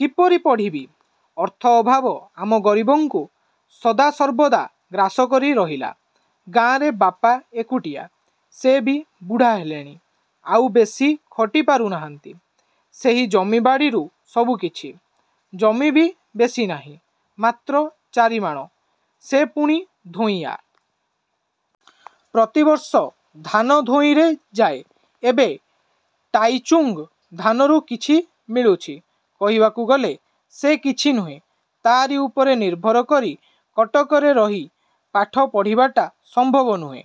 କିପରି ପଢ଼ିବି? ଅର୍ଥ ଅଭାବ ଆମ ଗରିବଙ୍କୁ ସଦାସର୍ବଦା ଗ୍ରାସକରି ରହିଲା। ଗାଁରେ ବାପା ଏକୁଟିଆ। ସେ ବି ବୁଢ଼ା ହେଲେଣି, ଆଉ ବେଶି ଖଟି ପାରୁ ନାହାଁନ୍ତି। ସେହି ଜମିବାଡ଼ିରୁ ସବୁକିଛି। ଜମି ବି ବେଶି ନାହିଁ, ମାତ୍ର ଚାରି ମାଣ। ସେ ପୁଣି ଧୋଇଆ। ପ୍ରତିବର୍ଷ ଧାନ ଧୋଇରେ ଯାଏ। ଏବେ ଟାଇଚୁଙ୍ଗ ଧାନରୁ କିଛି ମିଳୁଛି। କହିବାକୁ ଗଲେ ସେ କିଛି ନୁହେଁ। ତା'ରି ଉପରେ ନିର୍ଭର କରି କଟକରେ ରହି ପାଠ ପଢ଼ିବାଟା ସମ୍ଭବ ନୁହେଁ।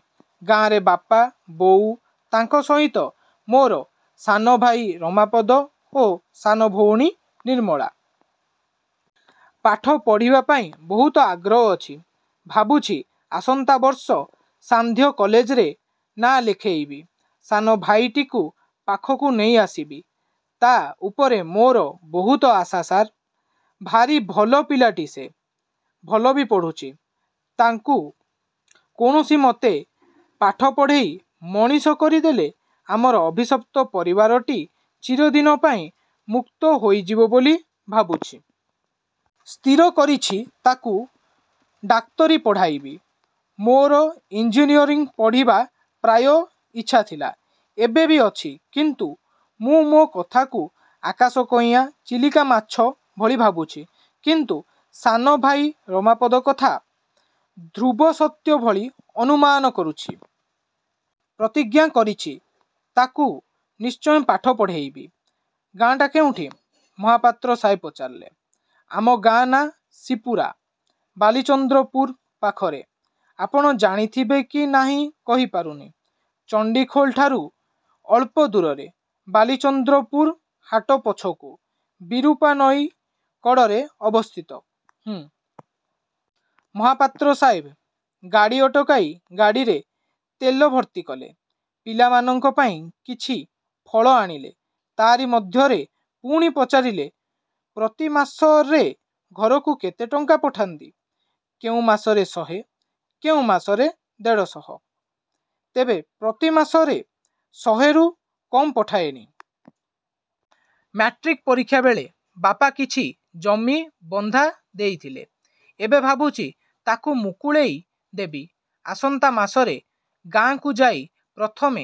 ଗାଁରେ ବାପା, ବୋଉ, ତାଙ୍କ ସହିତ ମୋର ସାନଭାଇ ରମାପଦ ଓ ସାନ ଭଉଣୀ ନିର୍ମଳା। ପାଠ ପଢ଼ିବା ପାଇଁ ବହୁତ ଆଗ୍ରହ ଅଛି। ଭାବୁଛି ଆସନ୍ତା ବର୍ଷ ସାନ୍ଧ୍ୟ କଲେଜରେ ନାଁ ଲେଖାଇବି। ସାନ ଭାଇଟିକୁ ପାଖକୁ ନେଇ ଆସିବି। ତା' ଉପରେ ମୋର ବହୁତ ଆଶା, ସାର୍। ଭାରି ଭଲ ପିଲାଟି ସେ। ଭଲ ବି ପଢ଼ୁଛି। ତା'କୁ କୌଣସିମତେ ପାଠ ପଢ଼େଇ ମଣିଷ କରିଦେଲେ ଆମର ଅଭିଶପ୍ତ ପରିବାରଟି ଚିରଦିନ ପାଇଁ ମୁକ୍ତ ହୋଇଯିବ ବୋଲି ଭାବୁଛି। ସ୍ଥିର କରିଛି ତା'କୁ ଡାକ୍ତରୀ ପଢ଼ାଇବି। ମୋର ଇଞ୍ଜିନୟରିଂ ପଢ଼ିବା ପ୍ରାୟ ଇଚ୍ଛା ଥିଲା। ଏବେ ବି ଅଛି। କିନ୍ତୁ ମୁଁ ମୋ କଥାକୁ ଆକାଶ କଇଁଆ ଚିଲିକା ମାଛ ଭଳି ଭାବୁଛି। କିନ୍ତୁ ସାନ ଭାଇ ରମାପଦ କଥା, ଧ୍ରୁବସତ୍ୟ ଭଳି ଅନୁମାନ କରୁଛି। ପ୍ରତିଜ୍ଞା କରିଛି ତା'କୁ ନିଶ୍ଚୟ ପାଠ ପଢ଼େଇବି। ଗାଁଟା କେଉଁଠି? ମହାପାତ୍ର ସାହାବ ପଚାରିଲେ। ଆମ ଗାଁ ନାଁ ଶିପୁରା, ବାଲିଚନ୍ଦ୍ରପୁର ପାଖରେ। ଆପଣ ଜାଣିଥିବେ କି ନାହିଁ କହିପାରୁନି। ଚଣ୍ଡିଖୋଲଠାରୁ ଅଳ୍ପ ଦୂରରେ, ବାଲିଚନ୍ଦ୍ରପୁର ହାଟ ପଛକୁ। ବିରୂପା ନଈ କଡ଼ରେ ଅବସ୍ଥିତ। ହୁଁ। ମହାପାତ୍ର ସାହାବ ଗାଡ଼ି ଅଟକାଇ ଗାଡ଼ିରେ ତେଲ ଭର୍ତ୍ତି କଲେ। ପିଲାମାନଙ୍କ ପାଇଁ କିଛି ଫଳ ଆଣିଲେ। ତା'ରି ମଧ୍ୟରେ ପୁଣି ପଚାରିଲେ, ପ୍ରତି ମାସରେ ଘରକୁ କେତେ ଟଙ୍କା ପଠାନ୍ତି? କେଉଁ ମାସରେ ଶହେ, କେଉଁ ମାସରେ ଦେଢ଼ଶହ। ତେବେ ପ୍ରତି ମାସରେ ଶହେରୁ କମ୍ ପଠାଏନି। ମାଟ୍ରିକ୍ ପରୀକ୍ଷାବେଳେ ବାପା କିଛି ଜମିବନ୍ଧା ଦେଇଥିଲେ। ଏବେ ଭାବୁଛି ତା'କୁ ମୁକୁଳେଇ ଦେବି। ଆସନ୍ତା ମାସରେ ଗାଁକୁ ଯାଇ ପ୍ରଥମେ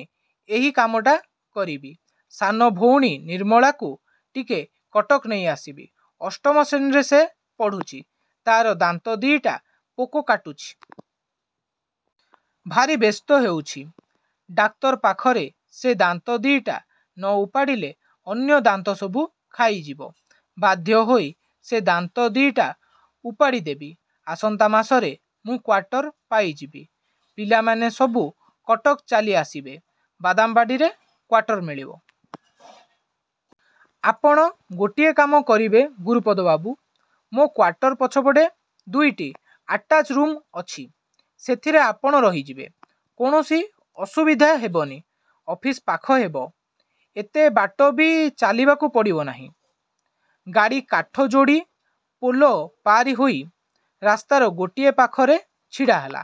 ଏଇ କାମଟା କରିବି। ସାନ ଭଉଣୀ ନିର୍ମଳାକୁ ଟିକେ କଟକ ନେଇ ଆସିବି। ଅଷ୍ଟମ ଶ୍ରେଣୀରେ ସେ ପଢ଼ୁଛି। ତା'ର ଦାନ୍ତ ଦି'ଟା ପୋକ କାଟୁଛି। ଭାରି ବ୍ୟସ୍ତ ହେଉଛି। ଡାକ୍ତର ପାଖରେ ସେ ଦାନ୍ତ ଦି'ଟା ନ ଓପାଡ଼ିଲେ ଅନ୍ୟ ଦାନ୍ତସବୁ ଖାଇଯିବ। ବାଧ୍ୟ ହୋଇ ସେ ଦାନ୍ତ ଦି'ଟା ଓପାଡ଼ି ଦେବି। ଆସନ୍ତା ମାସରେ ମୁଁ କ୍ୱାଟର ପାଇଯିବି। ପିଲାମାନେ ସବୁ କଟକ ଚାଲି ଆସିବେ ବାଦାମବାଡ଼ିରେ କ୍ୱାଟର ମିଳିବ। ଆପଣ ଗୋଟିଏ କାମ କରିବେ ଗୁରୁପଦ ବାବୁ! ମୋ କ୍ୱାଟର ପଛପଟେ ଦୁଇଟି ଆଟାଚ୍ ରୁମ୍ ଅଛି। ସେଥିରେ ଆପଣ ରହିଯିବେ। କୌଣସି ଅସୁବିଧା ହେବନି। ଅଫିସ ପାଖ ହେବ। ଏତେ ବାଟ ବି ଚାଲିବାକୁ ପଡ଼ିବ ନାହିଁ। ଗାଡ଼ି କାଠଯୋଡ଼ି ପୋଲ ପାରିହୋଇ ରାସ୍ତାର ଗୋଟିଏ ପାଖରେ ଛିଡ଼ାହେଲା।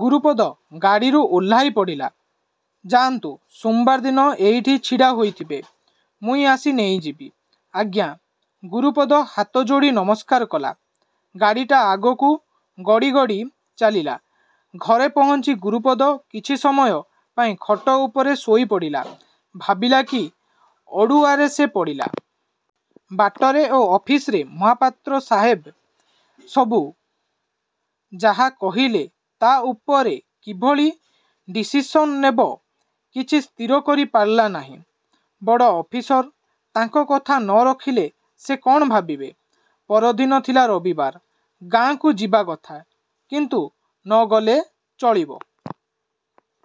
ଗୁରୁପଦ ଗାଡ଼ିରୁ ଓହ୍ଲାଇ ପଡ଼ିଲା। ଯାଆନ୍ତୁ ସୋମବାର ଦିନ ଏଇଠି ଛିଡ଼ା ହୋଇଥିବେ, ମୁୀଁ ଆସି ନେଇଯିବି। ଆଜ୍ଞା, ଗୁରୁପଦ ହାତଯୋଡ଼ି ନମସ୍କାର କଲା। ଗାଡ଼ିଟା ଆଗକୁ ଗଡ଼ି ଗଡ଼ି ଚାଲିଲା। ଘରେ ପହଞ୍ଚି ଗୁରୁପଦ କିଛି ସମୟ ପାଇଁ ଖଟ ଉପରେ ଶୋଇପଡ଼ିଲା। ଭାବିଲା କି ଅଡ଼ୁଆରେ ସେ ପଡ଼ିଲା। ବାଟରେ ଓ ଅଫିସରେ ମହାପାତ୍ର ସାହାବ ସବୁ ଯାହା କହିଲେ ସେ ତା' ଉପରେ କିଭଳି ଡିସିସନ ନେବ କିଛି ସ୍ଥିର କରିପାରିଲା ନାହିଁ। ବଡ଼ ଅଫିସର ତାଙ୍କ କଥା ନରଖିଲେ ସେ କ'ଣ ଭାବିବେ? ପରଦିନ ଥିଲା ରବିବାର। ଗାଁକୁ ଯିବା କଥା। କିନ୍ତୁ ନ ଗଲେ ଚଳିବ।